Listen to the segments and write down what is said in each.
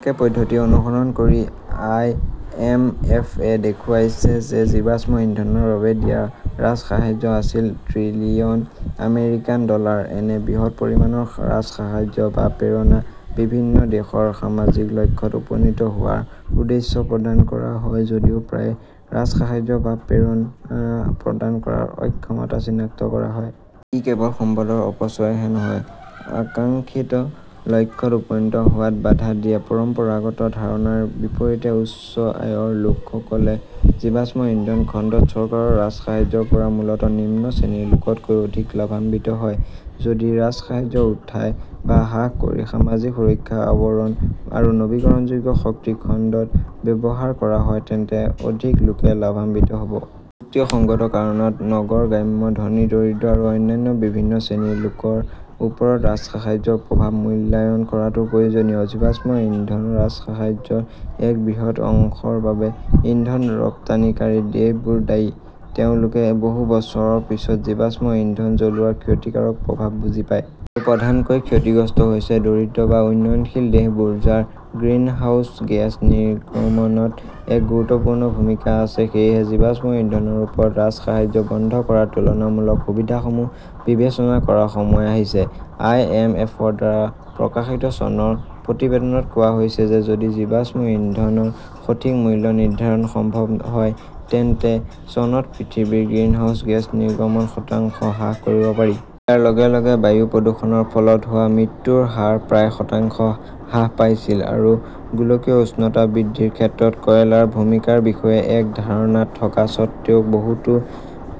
একে পদ্ধতি অনুসৰণ কৰি আইএমএফ য়ে দেখুৱাইছে যে জীৱাশ্ম ইন্ধনৰ বাবে দিয়া ৰাজসাহায্য আছিল ট্ৰিলিয়ন আমেৰিকান ডলাৰ। এনে বৃহৎ পৰিমাণৰ ৰাজসাহায্য বা প্ৰেৰণা বিভিন্ন দেশৰ সামাজিক লক্ষ্যত উপনীত হোৱাৰ উদ্দেশ্যে প্ৰদান কৰা হয় যদিও প্ৰায়ে ৰাজসাহায্য বা প্ৰেৰণা প্ৰদান কৰাত অক্ষমতা চিনাক্ত কৰা হয়। ই কেৱল সম্পদৰ অপচয়হে নহয়, আকাংক্ষিত লক্ষ্যত উপনীত হোৱাত বাধা দিয়ে। পৰম্পৰাগত ধাৰণাৰ বিপৰীতে, উচ্চ আয়ৰ লোকসকলে জীৱাশ্ম ইন্ধন খণ্ডত চৰকাৰৰ ৰাজসাহায্যৰ পৰা মূলতঃ নিম্ন শ্ৰেণীৰ লোকতকৈ অধিক লাভান্বিত হয়। যদি ৰাজসাহায্য উঠাই বা হ্ৰাস কৰি সামাজিক সুৰক্ষা আৱৰণ আৰু নৱীকৰণযোগ্য শক্তি খণ্ডত ব্যৱহাৰ কৰা হয় তেন্তে অধিক লোকে লাভান্বিত হ 'ব। যুক্তিসঙ্গত কাৰণত, নগৰ-গ্ৰাম্য, ধনী-দৰিদ্ৰ আৰু অন্যান্য বিভিন্ন শ্ৰেণীৰ লোকৰ ওপৰত ৰাজসাহায্যৰ প্ৰভাৱ মূল্যায়ন কৰাটো প্ৰয়োজনীয়। জীৱাশ্ম ইন্ধনৰ ৰাজসাহায্যৰ এক বৃহৎ অংশৰ বাবে ইন্ধন ৰপ্তানিকাৰী দেশবোৰ দায়ী। তেওঁলোকে বহু বছৰৰ পিছত জীৱাশ্ম ইন্ধন জ্বলোৱাৰ ক্ষতিকাৰক প্ৰভাৱ বুজি পায়। আৰু প্ৰধানকৈ ক্ষতিগ্ৰস্ত হৈছে দৰিদ্ৰ বা উন্নয়নশীল দেশবোৰ, যাৰ গ্ৰিনহাউজ গেছ নিৰ্গমনত এক গুৰুত্বপূৰ্ণ ভূমিকা আছে। সেয়েহে, জীৱাশ্ম ইন্ধনৰ ওপৰত ৰাজসাহায্য বন্ধ কৰাৰ তুলনামূলক সুবিধাসমূহ বিবেচনা কৰাৰ সময় আহিছে। আইএমএফৰ দ্বাৰা প্ৰকাশিত চনৰ প্ৰতিবেদনত কোৱা হৈছে যে যদি জীৱাশ্ম ইন্ধনৰ সঠিক মূল্য নিৰ্ধাৰণ সম্ভৱ হয় তেন্তে চনত পৃথিৱীত গ্ৰীণহাউছ গেছ নিৰ্গমন শতাংশ হ্ৰাস কৰিব পাৰি। ইয়াৰ লগে লগে বায়ু প্ৰদূষণৰ ফলত হোৱা মৃত্যুৰ হাৰ প্ৰায় শতাংশ হ্ৰাস পাইছিল। আৰু গোলকীয় উষ্ণতা বৃদ্ধিৰ ক্ষেত্ৰত কয়লাৰ ভূমিকাৰ বিষয়ে এক ধাৰণা থকা স্বত্বেও, বহুতো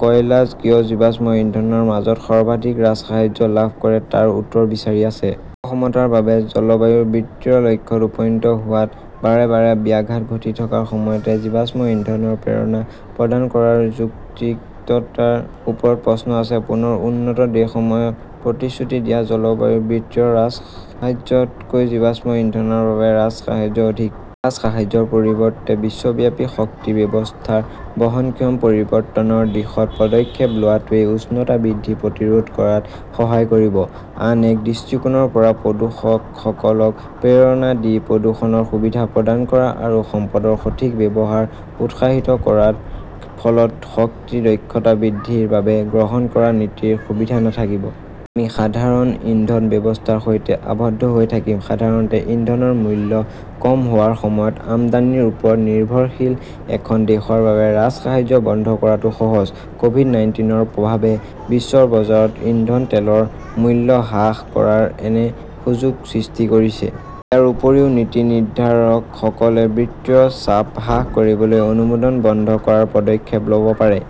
কয়লা কিয় জীৱাশ্ম ইন্ধনৰ মাজত সৰ্বাধিক ৰাজসাহায্য লাভ কৰে তাৰ উত্তৰ বিচাৰি আছে। অসমতাৰ বাবে জলবায়ু বিত্তীয় লক্ষ্যত উপনীত হোৱাত বাৰে বাৰে ব্যাঘাত ঘটি থকাৰ সময়তে, জীৱাশ্ম ইন্ধনৰ প্ৰেৰণা প্ৰদান কৰাৰ যৌক্তিকতাৰ ওপৰত প্ৰশ্ন আছে। পুনৰ উন্নত দেশসমূহে প্ৰতিশ্ৰুতি দিয়া জলবায়ু বিত্তীয় ৰাজসাহায্যতকৈ জীৱাশ্ম ইন্ধনৰ বাবে ৰাজসাহায্য অধিক। ৰাজসাহায্যৰ পৰিৱৰ্তে বিশ্বব্যাপী শক্তি ব্যৱস্থাৰ বহনক্ষম পৰিৱৰ্তনৰ দিশত পদক্ষেপ লোৱাটোৱে উষ্ণতা বৃদ্ধি প্ৰতিৰোধ কৰাত সহায় কৰিব। আন এক দৃষ্টিকোণৰ পৰা, প্ৰদূষকসকলক প্ৰেৰণা দি প্ৰদূষণৰ সুবিধা প্ৰদান কৰা আৰু সম্পদৰ সঠিক ব্যৱহাৰক উৎসাহিত কৰাৰ ফলত শক্তি দক্ষতা বৃদ্ধিৰ বাবে গ্ৰহণ কৰা নীতিৰ সুবিধা নাথাকিব। আমি সাধাৰণ ইন্ধন ব্যৱস্থাৰ সৈতে আবদ্ধ হৈ থাকিম। সাধাৰণতে ইন্ধনৰ মূল্য কম হোৱাৰ সময়ত আমদানিৰ ওপৰত নিৰ্ভৰশীল এখন দেশৰ বাবে ৰাজসাহায্য বন্ধ কৰাটো সহজ। ক'ভিড- নাইনটিনৰ প্ৰভাৱে বিশ্ব বজাৰত ইন্ধন তেলৰ মূল্য হ্ৰাস কৰাৰ এনে সুযোগ সৃষ্টি কৰিছে। ইয়াৰ উপৰিও নীতি নিৰ্ধাৰকসকলে বিত্তীয় চাপ হ্ৰাস কৰিবলৈ অনুমোদন বন্ধ কৰাৰ পদক্ষেপ ল'ব পাৰে।